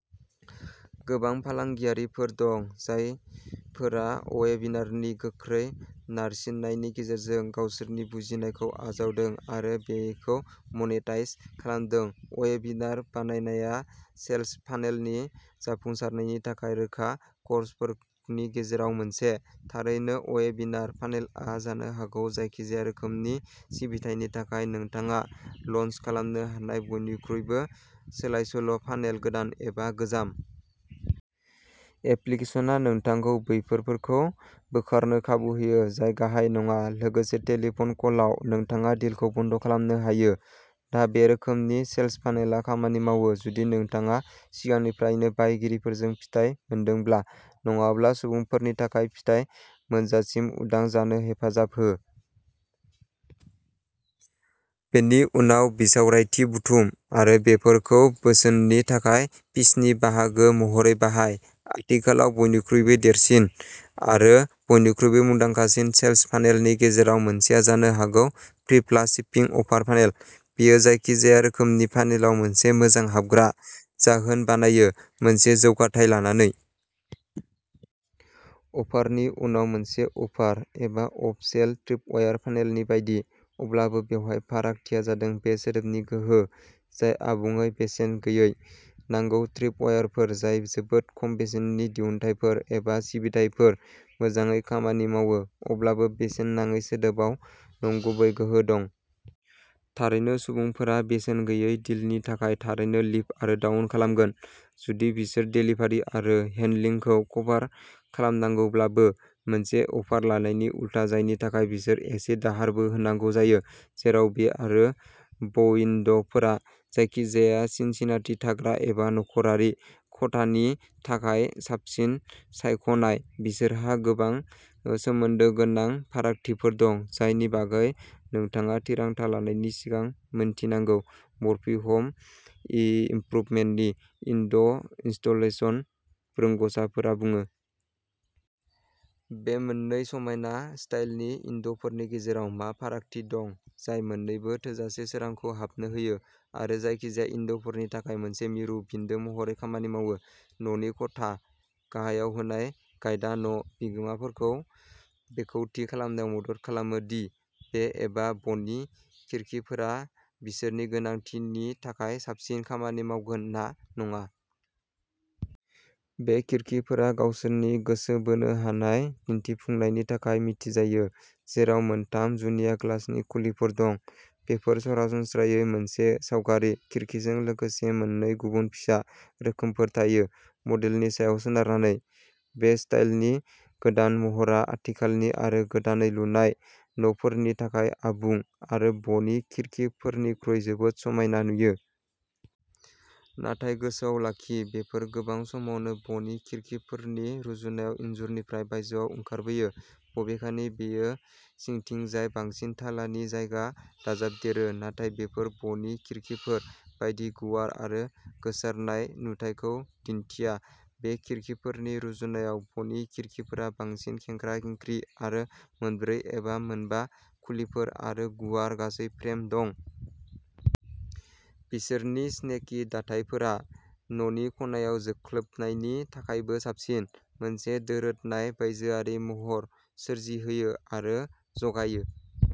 गोबां फालांगियारिफोर दं, जायफोरा अवेबिनारनि गोख्रै नारसिननायनि गेजेरजों गावसोरनि बुजिनायखौ आजावदों आरो बेखौ मनेटाइज खालामदों। अवेबिनार बानायनाया सेल्स फानेलनि जाफुंसारनायनि थाखाय रोखा कर्सफोरनि गेजेराव मोनसे। थारैनो, अवेबिनार फानेलआ जानो हागौ जायखिजाया रोखोमनि सिबिथायनि थाखाय नोंथाङा लन्च खालामनो हानाय बयनिख्रुइबो सोलायसोल' फानेल गोदान एबा गोजाम। एप्लिकेशनआ नोंथांखौ बैफोरफोरखौ बोखारनो खाबु होयो जाय गाहाय नङा। लोगोसे टेलिफन कलआव, नोंथाङा डिलखौ बन्द' खालामनो हायो। दा, बे रोखोमनि सेल्स फानेलआ खामानि मावो जुदि नोंथाङा सिगांनिफ्रायनो बायगिरिफोरजों फिथाय मोनदोंब्ला। नङाब्ला, सुबुंफोरनि थाखाय फिथाय मोनजासिम उदां जानो हेफाजाब हो। बेनि उनाव, बिसावरायथि बुथुम आरो बेफोरखौ बोसोननि थाखाय पिचनि बाहागो महरै बाहाय। आथिखालाव बयनिख्रुइबो देरसिन आरो बयनिख्रुइबो मुंदांखासिन सेल्स फानेलफोरनि गेजेराव मोनसेआ जानो हागौ फ्रि-प्लास-शिपिं अफार फानेल। बेयो जायखिजाया रोखोमनि फानेलाव मोनसे मोजां हाबग्रा जाहोन बानायो मोनसे जौगाथाय लानानै। अफारनि उनाव मोनसे अफार एबा आप-सेल ट्रिपवायर फानेलनि बायदि। अब्लाबो बेवहाय फारागथिया जादों बे सोदोबनि गोहो जाय आबुङै बेसेन गैयै। नांगौ, ट्रिपवाइरफोर, जाय जोबोद खम बेसेननि दिहुनथायफोर एबा सिबिथाइफोर, मोजाङै खामानि मावो। अब्लाबो बेसेन नाङै सोदोबाव नंगुबै गोहो दं। थारैनो सुबुंफोरा बेसेन-गैयै डिलनि थाखाय थारैनो लिफ्ट आरो डाउन खालामगोन जुदि बिसोर देलिभारि आरो हेन्डेलिंखौ कभार खालामनांगौब्लाबो, मोनसे अफार लानायनि उलथा जायनि थाखाय बिसोर एसे दाहारबो होनांगौ जायो। जेराव बे आरो ब'उइन्ड'फोरा जायखिजाया सिनसिनाटि थाग्रा एबा नखरारि खथानि थाखाय साबसिन सायख'नाय, बिसोरहा गोबां सोमोन्दो गोनां फारागथिफोर दं जायनि बागै नोंथाङा थिरांथा लानायनि सिगां मिन्थिनांगौ, मर्फी हम इमप्रुबमेन्टनि उइन्ड'इनस्टलेशन रोंग'साफोरा बुङो। बे मोननै समायना स्टाइलनि उइन्ड'फोरनि गेजेराव मा फारागथि दं जाय मोननैबो थोजासे सोरांखौ हाबनो होयो आरो जायखिजाया उइन्ड'फोरनि थाखाय मोनसे मिरु बिन्दो महरै खामानि मावो। न'नि खथा? गाहायाव होनाय गाइदा न' बिगोमाफोरखौ बेखौ थि खालामनायाव मदद खालामो दि बे एबा ब'नि खिरखिफोरा बिसोरनि गोनांथिनि थाखाय साबसिन खामानि मावगोन ना नङा। बे खिरखिफोरा गावसोरनि गोसो बोनो हानाय दिन्थिफुंनायनि थाखाय मिथिजायो, जेराव मोनथाम जुनिया ग्लासनि खुलिफोर दं। बेफोर सरासनस्रायै मोनसे सावगारि खिरखिजों लोगोसे मोननै गुबुन फिसा रोखोमफोर थायो मडेलनि सायाव सोनारनानै। बे स्टाइलनि गोदान महरआ आथिखालनि आरो गोदानै लुनाय न'फोरनि थाखाय आबुं आरो ब'नि खिरखिफोरनिख्रुइ जोबोद समायना नुयो। नाथाय गोसोआव लाखि, बेफोर गोबां समावनो ब'नि खिरखिफोरनि रुजुनायाव इनजुरनिफ्राय बायजोआव ओंखारबोयो। बबेखानि बेयो सिंथिंजाय बांसिन थालानि जायगा दाजाबदेरो नाथाय बेफोर ब'नि खिरखिफोर बायदि गुवार आरो गोसारनाय नुथाइखौ दिन्थिया। बे खिरखिफोरनि रुजुनायाव ब'नि खिरखिफोरा बांसिन खेंख्रा-खेंख्रि आरो मोनब्रै एबा मोनबा खुलिफोर आरो गुवार गासै फ्रेम दं। बिसोरनि स्नेकि दाथायफोरा न'नि खनायाव जोख्लोबनायनि थाखायबो साबसिन, मोनसे दोरोदनाय बायजोआरि महर सोमजिहोयो आरो जगायो।